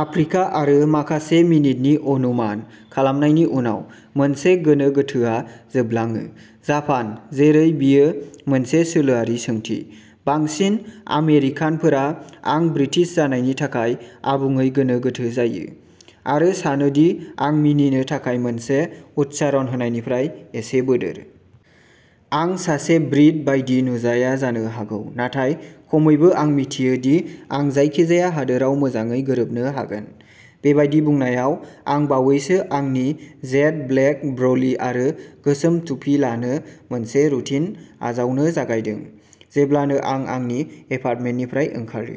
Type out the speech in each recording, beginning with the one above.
Africa आरो माखासे मिनिटनि अनुमान खालामनायनि उनाव, मोनसे गोनो गोथोआव जोबलाङो जापान जेरै बेयो मोनसे सोलोआरि सोंथि। बांसिन आमेरिकानफोरा, आं ब्रिटिश जानायनि थाखाय आबुङै गोनो गोथो जायो, आरो सानो दि आं मिनिनो थाखाय मोनसे उच्चारण होनायनिफ्राय एसे बोदोर। आं सासे ब्रिट बायदि नुजाया जानो हागौ, नाथाय खमैबो आं मिथियो दि आं जायखिजाया हादोराव मोजाङै गोरोबनो हागोन। बेबादि बुंनायाव, आं बावैसो आंनि जेट-ब्लेक ब्र'ली आरो गोसोम टुपि लानो मोनसे रुटिन आजावनो जागायदों, जेब्लानो आं आंनि एपार्टमेन्टनिफ्राय ओंखारो।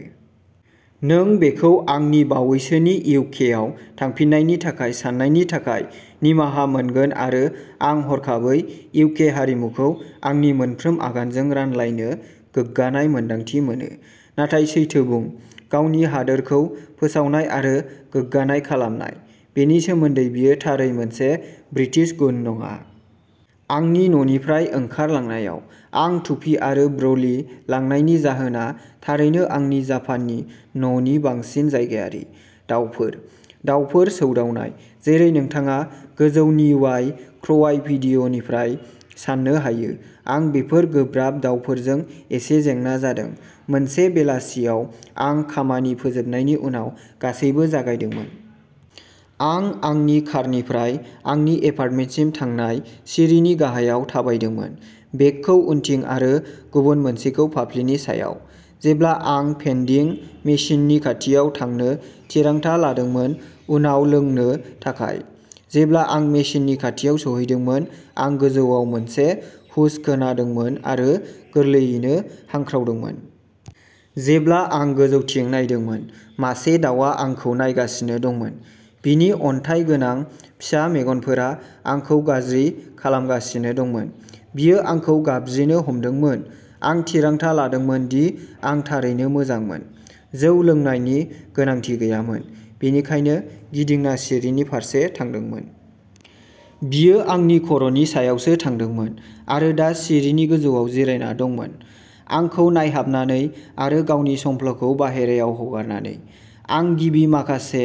नों बेखौ आंनि बावैसोनि इउकेआव थांफिन्नायनि थाखाय साननायनि थाखाय निमाहा मोनगोन आरो आं हरखाबै इउके हारिमुखौ आंनि मोनफ्रोम आगानजों रानलायनो गोग्गानाय मोन्दांथि मोनो। नाथाय सैथो बुं, गावनि हादोरखौ फोसावनाय आरो गोग्गानाय खालामनाय। बेनि सोमोन्दै बेयो थारै मोनसे ब्रिटिश गुन नङा। आंनि न'निफ्राय ओंखारलांनायाव आं टुपि आरो ब्र'लि लांनायनि जाहोना थारैनो आंनि जापाननि न'नि बांसिन जायगायारि। दाउफोर। दाउफोर सोदावनाय। जेरै नोंथाङा गोजौनि'वाइ क्र'वाइ'भिडिय'निफ्राय सान्नो हायो, आं बेफोर गोब्राब दावफोरजों एसे जेंना जादों। मोनसे बेलासियाव आं खामानि फोजोबनायनि उनाव गासैबो जागायदोंमोन। आं आंनि कारनिफ्राय आंनि एपार्टमेन्टसिम थांनाय सिरिनि गाहायाव थाबायदोंमोन, बेगखौ उनथिं आरो गुबुन मोनसेखौ फाफ्लिनि सायाव, जेब्ला आं भेन्डिं मेसिननि खाथियाव थांनो थिरांथा लादोंमोन उनाव लोंनो थाखाय। जेब्ला आं मेसिननि खाथियाव सौहैदोंमोन, आं गोजौआव मोनसे हुश खोनादोंमोन आरो गोरलैयैनो हांख्रावदोंमोन। जेब्ला आं गोजौथिं नायदोंमोन, मासे दाउआ आंखौ नायगासिनो दंमोन; बिनि अन्थाइ गोनां फिसा मेगनफोरा आंखौ गाज्रि खालामगासिनो दंमोन। बियो आंखौ गाबज्रिनो हमदोंमोन। आं थिरांथा लादोंमोन दि आं थारैनो मोजांमोन। जौ लोंनायनि गोनांथि गैयामोन, बेनिखायनो गिदिंना सिरिनि फारसे थांदोंमोन। बियो आंनि खर'नि सायावसो थांदोंमोन आरो दा सिरिनि गोजौआव जिरायना दंमोन, आंखौ नायहाबनानै आरो गावनि संफ्लखौ बाहेरायाव हगारनानै। आं गिबि माखासे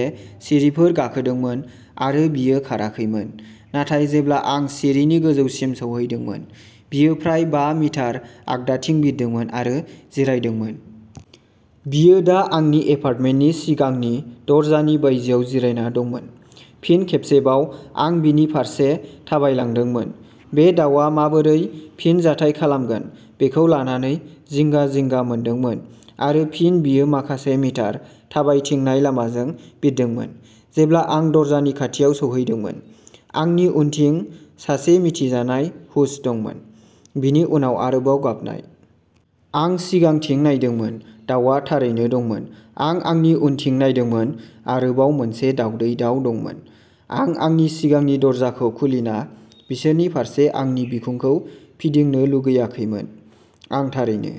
सिरिफोर गाखोदोंमोन आरो बियो खाराखैमोन, नाथाय जेब्ला आं सिरिनि गोजौसिम सौहैदोंमोन, बियो फ्राय बा मिटार आगदाथिं बिरदोंमोन आरो जिरायदोंमोन। बियो दा आंनि एपार्टमेन्टनि सिगांनि दरजानि बायजोआव जिरायना दंमोन। फिन खेबसेबाव आं बिनि फारसे थाबायलांदोंमोन, बे दाउआ माबोरै फिनजाथाय खालामगोन बेखौ लानानै जिंगा-जिंगा मोनदोंमोन आरो फिन बियो माखासे मिटार थाबायथिंनाय लामाजों बिरदोंमोन। जेब्ला आं दरजानि खाथियाव सौहैदोंमोन, आंनि उनथिं सासे मिथिजानाय हुश दंमोन, बिनि उनाव आरोबाव गाबनाय। आं सिगांथिं नायदोंमोन, दाउआ थारैनो दंमोन। आं आंनि उनथिं नायदोंमोन आरोबाव मोनसे दावदै दाउ दंमोन आं आंनि सिगांनि दरजाखौ खुलिना बिसोरनि फारसे आंनि बिखुंखौ फिदिंनो लुगैाखैमोन आं थारैनो।